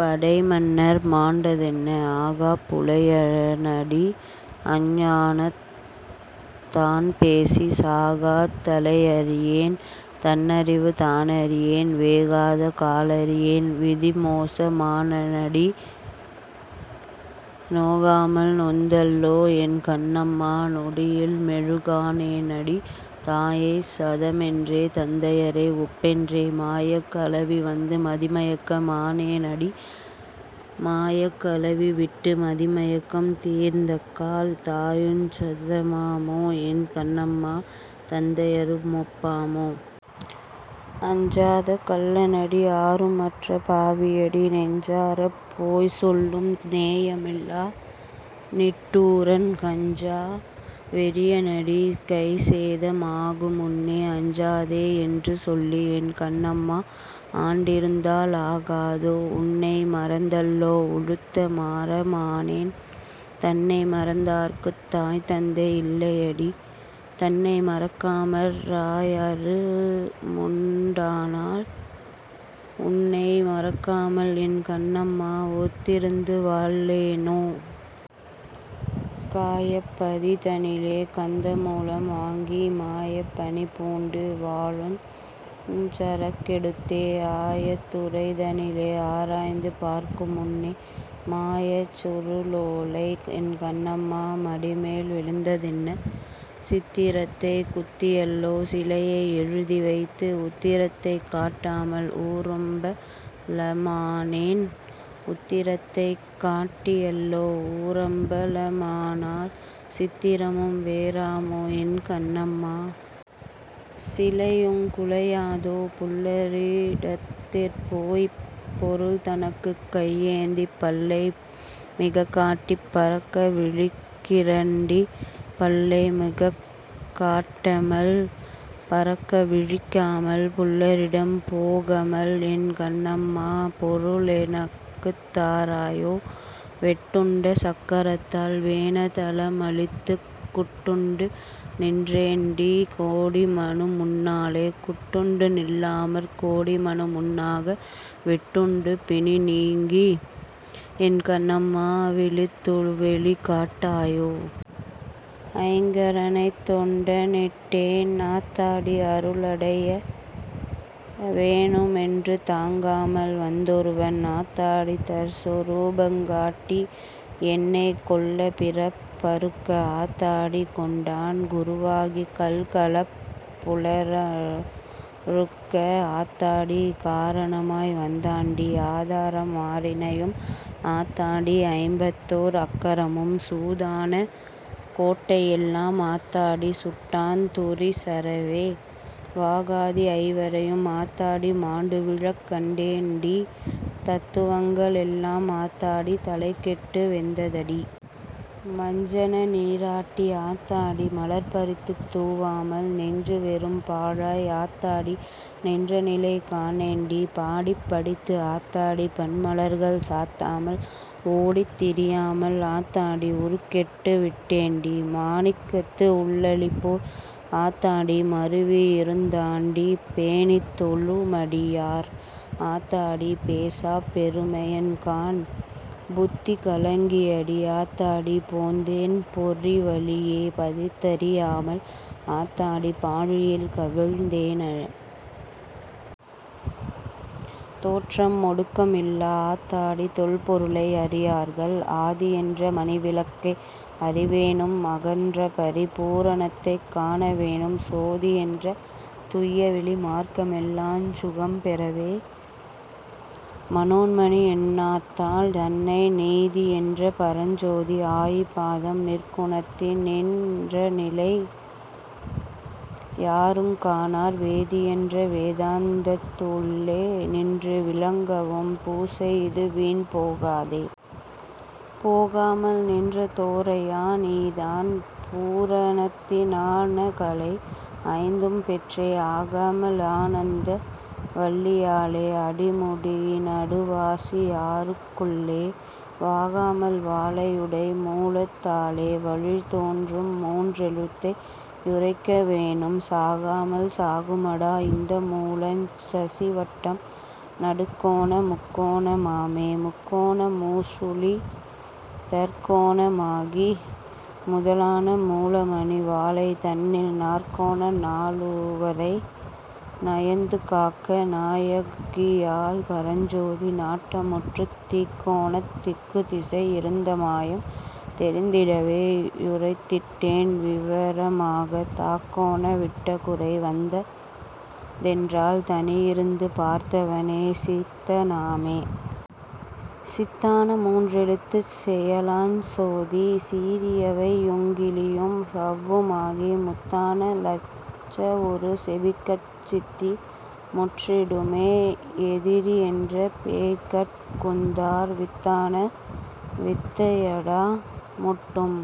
படைமன்னர் மாண்டதென்ன? ஆகாப் புலையனடி அஞ்ஞானந் தான்பேசிச் சாகாத் தலையறியேன் தன்னறிவு தானறியேன் வேகாத காலறியேன் விதிமோச மானேனடி நோகாமல் நொந்தல்லோ என் கண்ணம்மா! நொடியில்மெழு கானேனடி! தாயைச் சதமென்றே தந்தையரை ஒப்பென்றே மாயக் கலவிவந்து மதிமயக்க மானேனடி மாயக் கலவிவிட்டு மதிமயக்கம் தீர்ந்தக்கால் தாயுஞ் சதமாமோ என் கண்னம்மா தந்தையரு மொப்பாமோ? அஞ்சாத கள்ளனடி ஆருமற்ற பாவியடி நெஞ்சாரப் போய்சொல்லும் நேயமில்லா நிட்டூரன் கஞ்சா வெறியனடி கைசேத மாகுமுன்னே அஞ்சாதே யென்றுசொல்லி என் கண்ணம்மா ஆண்டிருந்தா லாகாதோ! உன்னை மறந்தல்லோ உளுத்த மரமானேன் தன்னை மறந்தார்க்குத் தாய்தந்தை யில்லையடி தன்னை மறக்காமற் றாயாரு முண்டானால் உன்னை மறக்காமல் என் கண்னம்மா ஒத்திருந்து வாழேனோ? காயப் பதிதனிலே கந்தமூலம் வாங்கி மாயப் பணிபூண்டு வாழுஞ் சரக்கெடுத்தே ஆயத் துறைதனிலே ஆராய்ந்து பார்க்குமுன்னே மாயச் சுருளோலை என் கண்ணம்மா மடிமேல் விழுந்ததென்ன? சித்திரத்தை குத்தியல்லோ சிலையை எழுதிவைத்து உத்திரத்தைக் காட்டாமல் ஊரம்ப லமானேன் உத்திரத்தைக் காட்டியல்லோ ஊரம்ப லமானால் சித்திரமும் வேறாமோ என் கண்னம்மா! சிலையுங் குலையாதோ! புல்ல ரிடத்திற்போய்ப் பொருள்தனக்குக் கையேந்திப் பல்லை மிகக்காட்டிப் பரக்க விழிக்கிறண்டி பல்லை மிகக்காட்டமல் பரக்க விழிக்காமல் புல்லரிடம் போகமல் என் கண்ணம்மா பொருளெனக்குத் தாராயோ? வெட்டுண்ட சக்கரத்தால் வேண தனமளித்துக் குட்டுண்டு நின்றேண்டி கோடிமனு முன்னாலே குட்டுண்டு நில்லாமற் கோடிமனு முன்னாக வெட்டுண்டு பிணிநீங்கி என் கண்ணம்மா விழித்துவெளி காட்டாயோ! ஐங்கரனைத் தொண்ட னிட்டேன் ஆத்தாடி அருளடைய வேணுமென்று தாங்காமல் வந்தொருவன் ஆத்தாடி தற்சொரூபங் காட்டி யென்னை கொள்ள பிறப்பறுக்க ஆத்தாடி கொண்டான் குருவாகி கள்களப் புலனறுக்க ஆத்தாடி காரணமாய் வந்தாண்டி. ஆதாரம் ஆறினையும் ஆத்தாடி ஐம்பத்தோர் அக்கரமும் சூதான கோட்டையெல்லாம் ஆத்தாடி சுட்டான் துரிசறவே. வாகாதி ஐவரையும் ஆத்தாடி மாண்டுவிழக் கண்டேண்டி தத்துவங்க ளெல்லாம் ஆத்தாடி தலைகெட்டு வெந்ததடி. மஞ்சன நீராட்டி ஆத்தாடி மலர்பறித்துத் தூவாமல் நெஞ்சு வெறும்பாழாய் ஆத்தாடி நின்றநிலை காணேண்டி. பாடிப் படித்து ஆத்தாடி பன்மலர்கள் சாத்தாமல் ஓடித் திரியாமல் ஆத்தாடி உருக்கெட்டு விட்டேண்டி. மாணிக்கத்து உள்ளளிபோல் ஆத்தாடி மருவி யிருந்தாண்டி பேணித் தொழுமடியார் ஆத்தாடி பேசாப் பெருமையன் காண். புத்தி கலங்கியடி ஆத்தாடி போந்தேன் பொரிவழியே பதித்தறியாமல் ஆத்தாடி பாழியில் கவிழ்ந்தேனே. தோற்றம் மொடுக்கம் இல்லா ஆத்தாடி தொல் பொருளை அறியார்கள்... ஆதியென்ற மணிவிளக்கை அறி வேணும் அகண்டபரி பூரணத்தைக் காண வேணும் சோதியென்ற துய்யவெளி மார்க்க மெல்லாஞ் சுகம்பெறவெ மனோன்மணி யென்னாத்தாள் தன்னை நீதியென்ற பரஞ்சோதி ஆயி பாதம் நிற்குணத்தி னின்றநிலை யாருங் காணார் வேதியென்ற வேதாந்தத் துள்ளே நின்று விளங்கவும் பூசையிது வீண் போகாதே. போகாமல் நின்ற தோரையா நீதான் பூரணத்தி னானகலை ஐந்தும் பெற்றே ஆகாம லானந்த வல்லி யாலே அடிமுடியி னடுவாசி யாறுக் குள்ளே வாகாமல் வாலையுடை மூலத் தாலே வழிதோன்றும் மூன்றெழுத்தை யுரைக்க வேணும் சாகாமல் சாகுமடா இந்த மூலஞ் சசிவட்டம் நடுக்கோண முக்கோண மாமே. முக்கோண மூசுழிதற் கோண மாகி முதலான மூலமணி வாலை தன்னில் நாற்கோண நாலுவரை நயந்து காக்க நாயகியாள் பரஞ்சோதி நாட்ட முற்றுத் தீக்கோணத் திக்குதிசை யிருந்த மாயம் தெரிந்திடவே யுரைத்திட்டேன் விவர மாக தாக்கோண விட்டகுறை வந்த தென்றால் தனியிருந்து பார்த்தவனே சித்த னாமே. சித்தான மூன்றெழுத்துச் செயலாஞ் சோதி சீரியவை யுங்கிலியும் சவ்வு மாகி முத்தான லட்சவுரு செபிக்கச் சித்தி முற்றிடுமே யெதிரியென்ற பேய்கட் குந்தான் வித்தான வித்தையடா முட்டும்